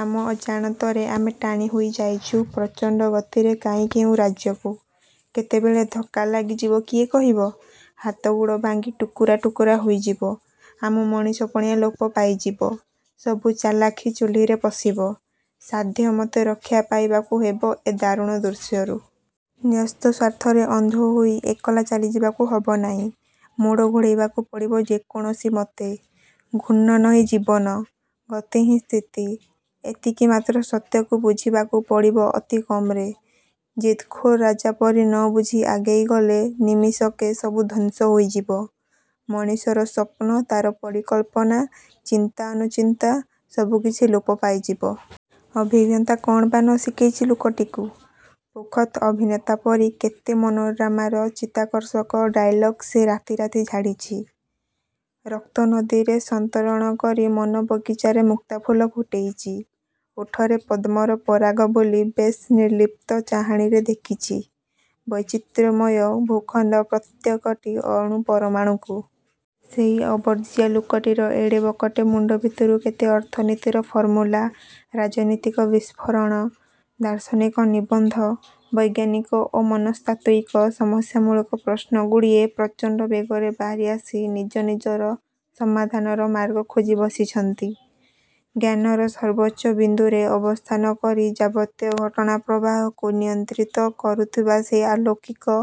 ଆମ ଅଜାଣତରେ ଆମେ ଟାଣି ହୋଇଯାଇଛୁ ପ୍ରଚଣ୍ଡ ଗତିରେ କାହିଁ କେଉଁ ରାଜ୍ୟକୁ। କେତେବେଳେ ଧକ୍କା ଲାଗିଯିବ କିଏ କହିବ? ହାଡ଼ଗୋଡ଼ ଭାଙ୍ଗି ଟୁକୁରା ଟୁକୁରା ହୋଇଯିବ। ଆମ ମଣିଷପଣିଆ ଲୋପ ପାଇଯିବ। ସବୁ ଚାଲାଖି ଚୁଲିରେ ପଶିବ। ସାଧ୍ୟମତେ ରକ୍ଷାପାଇବାକୁ ହେବ ଏ ଦାରୁଣ ଦୃଶ୍ୟରୁ। ନ୍ୟସ୍ତ ସ୍ୱାର୍ଥରେ ଅନ୍ଧ ହୋଇ ଏକଲା ଚାଲିଯିବାକୁ ହବନାଇଁ। ମୋଡ଼ ଘୂରେଇବାକୁ ପଡ଼ିବ ଯେକୌଣସିମତେ। ଘୂର୍ଣ୍ଣନହିଁ ଜୀବନ। ଗତିହିଁ ସ୍ଥିତି। ଏତିକିମାତ୍ର ସତ୍ୟକୁ ବୁଝିବାକୁ ପଡ଼ିବ ଅତି କମରେ। ଜିଦ୍-ଖୋର ରାଜାପରି ନ ବୁଝି ଆଗେଇ ଗଲେ ନିମିଷକେ ସବୁ ଧ୍ୱଂସ ହୋଇଯିବ। ମଣିଷର ସ୍ୱପ୍ନ, ତା'ର ପରିକଳ୍ପନା, ଚିନ୍ତା ଅନୁଚିନ୍ତା ସବୁକିଛି ଲୋପ ପାଇଯିବ। ଅଭିଜ୍ଞତା କ'ଣ ବା' ନ ଶିଖେଇଚି ଲୋକଟିକୁ? ପୋଖତ୍ ଅଭିନେତା ପରି କେତେ ମନୋଡ୍ରାମାର ଚିତ୍ତାକର୍ଷକ 'ଡାଇଲଗ୍' ସେ ରାତାରାତି ଝାଡ଼ିଛି। ରକ୍ତ ନଦୀରେ ସନ୍ତରଣ କରି ମନ ବଗିଚାରେ ମୁକ୍ତା-ଫୁଲ ଫୁଟେଇଚି। ଓଠରେ ପଦ୍ମର ପରାଗ ବୋଳି ବେଶ୍ ନିର୍ଲିପ୍ତ ଚାହାଣିରେ ଦେଖିଚି, ବୈଚିତ୍ର୍ୟମୟ ଭୂଖଣ୍ଡର ପ୍ରତ୍ୟେକଟି ଅଣୁ ପରମାଣୁକୁ-। ସେଇ ଅବର୍ଜିଆ ଲୋକଟିର ଏଡ଼େ ବକଟେ ମୁଣ୍ଡ ଭିତରୁ କେତେ ଅର୍ଥନୀତିର ଫର୍ମୁଲା, ରାଜନୀତିକ ବିସ୍ଫୋରଣ, ଦାର୍ଶନିକ ନିବନ୍ଧ, ବୈଜ୍ଞାନିକ ଓ ମନସ୍ତାତ୍ତ୍ୱିକ ସମସ୍ୟାମୂଳକ ପ୍ରଶ୍ନଗୁଡ଼ିଏ ପ୍ରଚଣ୍ଡ ବେଗରେ ବାହାରି ଆସି ନିଜ ନିଜର ସମାଧାନର ମାର୍ଗ ଖୋଜି ବସିଛନ୍ତି। ଜ୍ଞାନର ସର୍ବୋଚ୍ଚ ବିନ୍ଦୁରେ ଅବସ୍ଥାନ କରି ଯାବତୀୟ ଘଟଣା ପ୍ରବାହକୁ ନିୟନ୍ତ୍ରିତ କରୁଥିବା ସେଇ ଅଲୌକିକ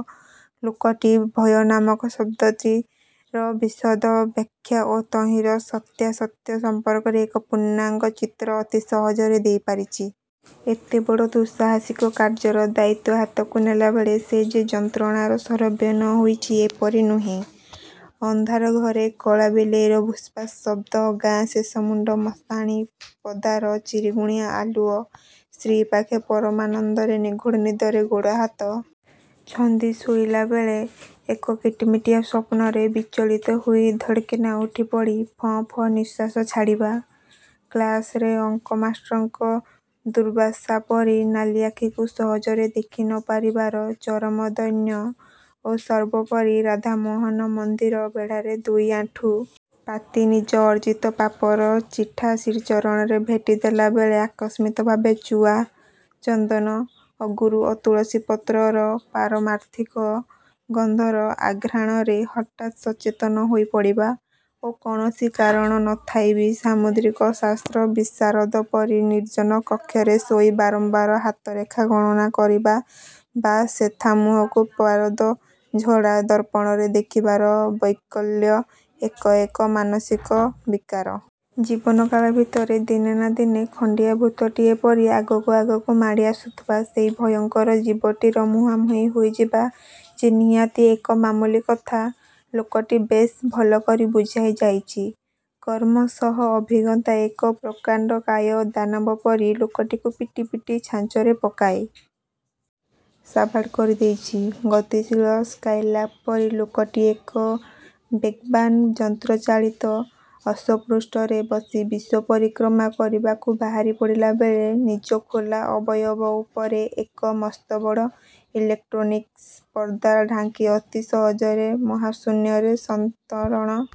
ଲୋକଟି ଭୟ ନାମକ ଶବ୍ଦଟିର ବିଶଦ ବ୍ୟାଖ୍ୟା ଓ ତହିଁର ସତ୍ୟାସତ୍ୟ ସମ୍ପର୍କରେ ଏକ ପୂର୍ଣ୍ଣାଙ୍ଗ ଚିତ୍ର ଅତି ସହଜରେ ଦେଇ ପାରିଚି। ଏତେ ବଡ଼ ଦୁଃସାହସିକ କାର୍ଯ୍ୟର ଦାୟିତ୍ୱ ହାତକୁ ନେଲାବେଳେ ସେ ଯେ ଯନ୍ତ୍ରଣାର ଶରବ୍ୟ ନ ହୋଇଚି, ଏପରି ନୁହେଁ। ଅନ୍ଧାର ଘରେ କଳା ବିଲେଇର ଭୁସ୍ଭାସ୍ ଶବ୍ଦ। ଗାଁ ଶେଷମୁଣ୍ଡ ମଶାଣି ପଦାର ଚିରିଗୁଣି ଆଲୁଅ, ସ୍ତ୍ରୀ ପାଖେ ପରମାନନ୍ଦରେ ନିଘୋଡ଼ ନିଦରେ ଗୋଡ଼ହାତ ଛନ୍ଦି ଶୋଇଲାବେଳେ ଏକ କିଟିମିଟିଆ ସ୍ୱପ୍ନରେ ବିଚଳିତ ହୋଇ ଧଡ୍କିନା ଉଠିପଡ଼ି ଫଁ ଫଁ ନିଃଶ୍ୱାସ ଛାଡ଼ିବା, କ୍ଲାସରେ ଅଙ୍କ ମାଷ୍ଟ୍ରଙ୍କ ଦୁର୍ବାଶା ପରି ନାଲି ଆଖିକୁ ସହଜରେ ଦେଖି ନ ପାରିବାର ଚରମ ଦୈନ୍ୟ ଓ ସର୍ବୋପରି ରାଧାମୋହନ ମନ୍ଦିର ବେଢ଼ାରେ ଦୁଇ ଆଣ୍ଠୁ ପାତି ନିଜ ଅର୍ଜିତ ପାପର ଚିଠା ଶ୍ରୀଚରଣରେ ଭେଟି ଦେଲାବେଳେ ଆକସ୍ମିକ ଭାବେ ଚୁଆ, ଚନ୍ଦନ, ଅଗୁରୁ ଓ ତୁଳସୀପତ୍ରର ପାରମାର୍ଥିକ ଗନ୍ଧର ଆଘ୍ରାଣରେ ହଠାତ୍ ସଚେତନ ହୋଇ ପଡ଼ିବା ଓ କୌଣସି କାରଣ ନ ଥାଇ ବି ସାମୁଦ୍ରିକ ଶାସ୍ତ୍ର ବିଶାରଦ ପରି ନିର୍ଜନ କକ୍ଷରେ ଶୋଇ ବାରମ୍ୱାର ହାତରେଖା ଗଣନା କରିବା ବା ଶେଥା ମୁହଁକୁ ପାରଦ ଛଡ଼ା ଦର୍ପଣରେ ଦେଖିବାର ବୈକଲ୍ୟ, ଏକ ଏକ ମାନସିକ ବିକାର। ଜୀବନକାଳ ଭିତରେ ଦିନେ ନା ଦିନେ ଖଣ୍ତିଅଭୂତଟିଏ ପରି ଆଗକୁ ଆଗକୁ ମାଡ଼ି ଆସୁଥିବା ସେଇ ଭୟଙ୍କର ଜୀବଟିର ମୁହାଁମୁହିଁ ହୋଇଯିବା ଯେ ନିହାତି ଏକ ମାମୁଲି କଥା, ଲୋକଟି ବେଶ୍ ଭଲ କରି ବୁଝିଯାଇଚି। କ୍ରମଶଃ ଅଭିଜ୍ଞତା ଏକ ପ୍ରକାଣ୍ଡକାୟ ଦାନବପରି ଲୋକଟିକୁ ପିଟି ପିଟି ଛାଞ୍ଚରେ ପକାଇ। ସାବାଡ଼ କରିଦେଇଚି। ଗତିଶୀଳ ସ୍କାଇଲାବ ପରି ଲୋକଟି ଏକ ବେଗବାନ୍ ଯନ୍ତ୍ରଚାଳିତ ଅଶ୍ୱପୃଷ୍ଠରେ ବସି ବିଶ୍ୱପରିକ୍ରମା କରିବାକୁ ବାହାରି ପଡ଼ିଲାବେଳେ ନିଜ ଖୋଲା ଅବୟବ ଉପରେ ଏକ ମସ୍ତବଡ଼ ଇଲେକ୍ଟ୍ରୋନିକସ୍ ପର୍ଦ୍ଦା ଢାଙ୍କି ଅତି ସହଜରେ ମହାଶୂନ୍ୟରେ ସନ୍ତରଣ